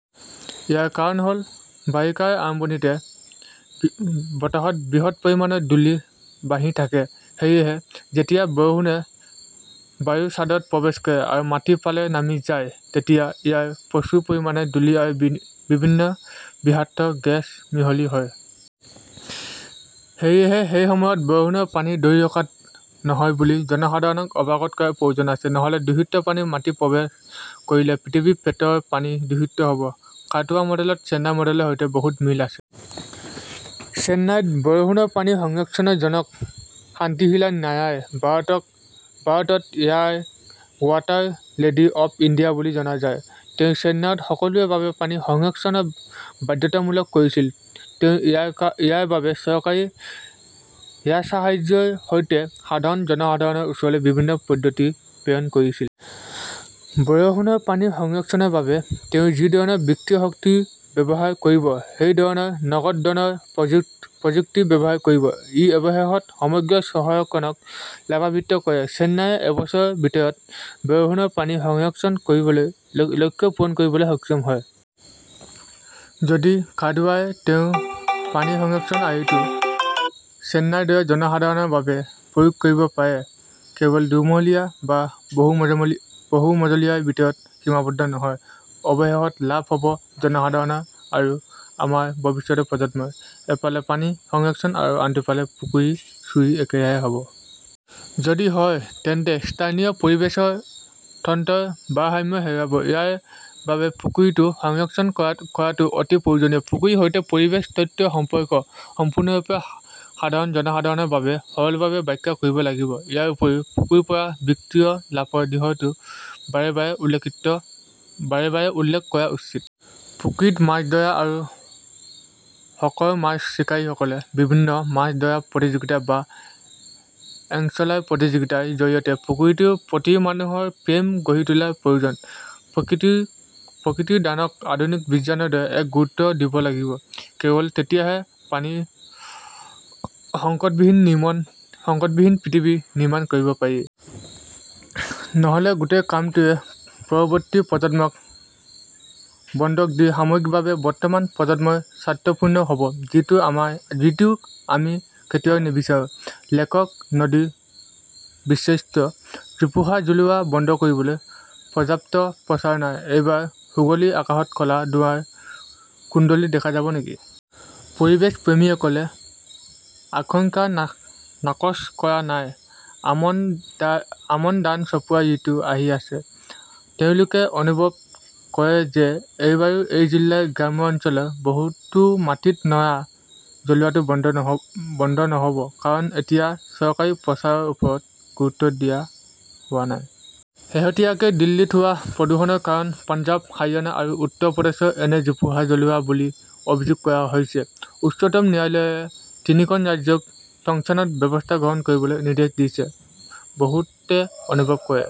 ইয়াৰ কাৰণ হ'ল, বাৰিষাৰ আৰম্ভণিতে বতাহত বৃহৎ পৰিমাণৰ ধূলি ভাহি থাকে। সেয়েহে যেতিয়া বৰষুণে বায়ুৰ চাদৰত প্ৰৱেশ কৰে আৰু মাটিৰ ফালে নামি যায়, তেতিয়া ইয়াৰ সৈতে প্ৰচুৰ পৰিমাণে ধূলি আৰু বিভিন্ন বিষাক্ত গেছ মিহলি হয়। সেয়েহে সেই সময়ত বৰষুণৰ পানী ধৰি ৰখা নহয় বুলি জনসাধাৰণক অৱগত কৰাৰ প্ৰয়োজন আছে। নহ'লে দূষিত পানী মাটিত প্ৰৱেশ কৰিলে পৃথিৱীৰ পেটৰ পানী দূষিত হ'ব। কাটৱা মডেলটো চেন্নাই মডেলৰ সৈতে বহুত মিল আছে। চেন্নাইত বৰষুণৰ পানী সংৰক্ষণৰ জনক শান্তিশিলা নায়াৰ। ভাৰতত ইয়াক ৱাটাৰ লেডী অৱ ইণ্ডিয়া বুলি জনা যায়। তেওঁ চেন্নাইত সকলোৰে বাবে পানী সংৰক্ষণ বাধ্যতামূলক কৰিছিল। তেওঁ ইয়াৰ বাবে চৰকাৰী 'ৰাজসাহায্য"ৰ সৈতে সাধাৰণ জনসাধাৰণৰ ওচৰলৈ বিভিন্ন পদ্ধতি প্ৰেৰণ কৰিছিল। বৰষুণৰ পানী সংৰক্ষণৰ বাবে তেওঁ যি ধৰণৰ বিত্তীয় শক্তি ব্যৱহাৰ কৰিব, সেই ধৰণৰ নগদ ধনৰ প্ৰযুক্তি ব্যৱহাৰ কৰিব। ই অৱশেষত সমগ্ৰ চহৰখনক লাভান্বিত কৰে। চেন্নাইয়ে এবছৰৰ ভিতৰত বৰষুণৰ পানী সংৰক্ষণৰ লক্ষ্য পূৰণ কৰিবলৈ সক্ষম হৈছিল। যদি কাটৱাই তেওঁৰ পানী সংৰক্ষণৰ আৰ্হিটো চেন্নাইৰ দৰে জনসাধাৰণৰ বাবে প্ৰয়োগ কৰিব পাৰে, কেৱল দুমহলীয়া বা বহু-মজলীয়াৰ ভিতৰত সীমাবদ্ধ নহয়, অৱশেষত, লাভ হ'ব জনসাধাৰণৰ আৰু আমাৰ ভৱিষ্যতৰ প্ৰজন্মৰ। এফালে পানী সংৰক্ষণ আৰু আনটো ফালে, পুখুৰী চুৰি একেৰাহে হ'ব। যদি হয়, তেন্তে স্থানীয় পৰিৱেশ তন্ত্ৰৰ ভাৰসাম্য হেৰুৱাব। ইয়াৰ বাবে পুখুৰীটো সংৰক্ষণ কৰাটো অতি প্ৰয়োজনীয়। পুখুৰীৰ সৈতে পৰিৱেশ তন্ত্ৰৰ সম্পৰ্ক সম্পূৰ্ণৰূপে সাধাৰণ জনসাধাৰণৰ বাবে সৰলভাৱে ব্যাখ্যা কৰিব লাগিব। ইয়াৰ উপৰিও, পুখুৰীৰ পৰা বিত্তীয় লাভৰ দিশটোও বাৰে বাৰে উল্লেখ কৰা উচিত। পুখুৰীত মাছ ধৰা আৰু শখৰ মাছ চিকাৰীসকলে বিভিন্ন মাছ ধৰা প্ৰতিযোগিতা বা "এঙ্গলাৰ প্ৰতিযোগিতা"ৰ জৰিয়তে পুখুৰীটোৰ প্ৰতি মানুহৰ প্ৰেম গঢ়ি তোলাৰ প্ৰয়োজন। প্ৰকৃতিৰ দানক আধুনিক বিজ্ঞানৰ দৰে একে গুৰুত্ব দিব লাগিব। কেৱল তেতিয়াহে পানীৰ সংকটবিহীন পৃথিৱী নিৰ্মাণ কৰিব পাৰি। নহ'লে গোটেই কামটোৱেই পৰৱৰ্তী প্ৰজন্মক বন্ধক দি সাময়িকভাৱে বৰ্তমান প্ৰজন্মৰ স্বাৰ্থপূৰ্ণ হ'ব। যিটো আমি কেতিয়াও নিবিচাৰো। লেখক নদী বিশেষজ্ঞ। জোপোহা জ্বলোৱা বন্ধ কৰিবলৈ পৰ্যাপ্ত প্ৰচাৰ নাই এইবাৰো হুগলীৰ আকাশত ক'লা ধোঁৱাৰ কুণ্ডলী দেখা যাব নেকি? পৰিৱেশপ্ৰেমীসকলে আশংকা নাকচ কৰা নাই। আমন ধান চপোৱাৰ ঋতু আহি আছে। তেওঁলোকে অনুভৱ কৰে যে এইবাৰো এই জিলাৰ গ্ৰাম্য অঞ্চলৰ বহুতো মাটিত ন'ৰা জ্বলোৱাটো বন্ধ নহ'ব। কাৰণ, এতিয়াও চৰকাৰী প্ৰচাৰৰ ওপৰত গুৰুত্ব দিয়া হোৱা নাই। শেহতীয়াকৈ দিল্লীত হোৱা প্ৰদূষণৰ কাৰণ পঞ্জাৱ, হাৰিয়ানা আৰু উত্তৰ প্ৰদেশৰ এনে জোপোহা জ্বলোৱা বুলি অভিযোগ কৰা হৈছে। উচ্চতম ন্যায়ালয়ে তিনিওখন ৰাজ্যক তৎক্ষণাত ব্যৱস্থা গ্ৰহণ কৰিবলৈ নিৰ্দেশ দিয়ে। বহুতে অনুভৱ কৰে।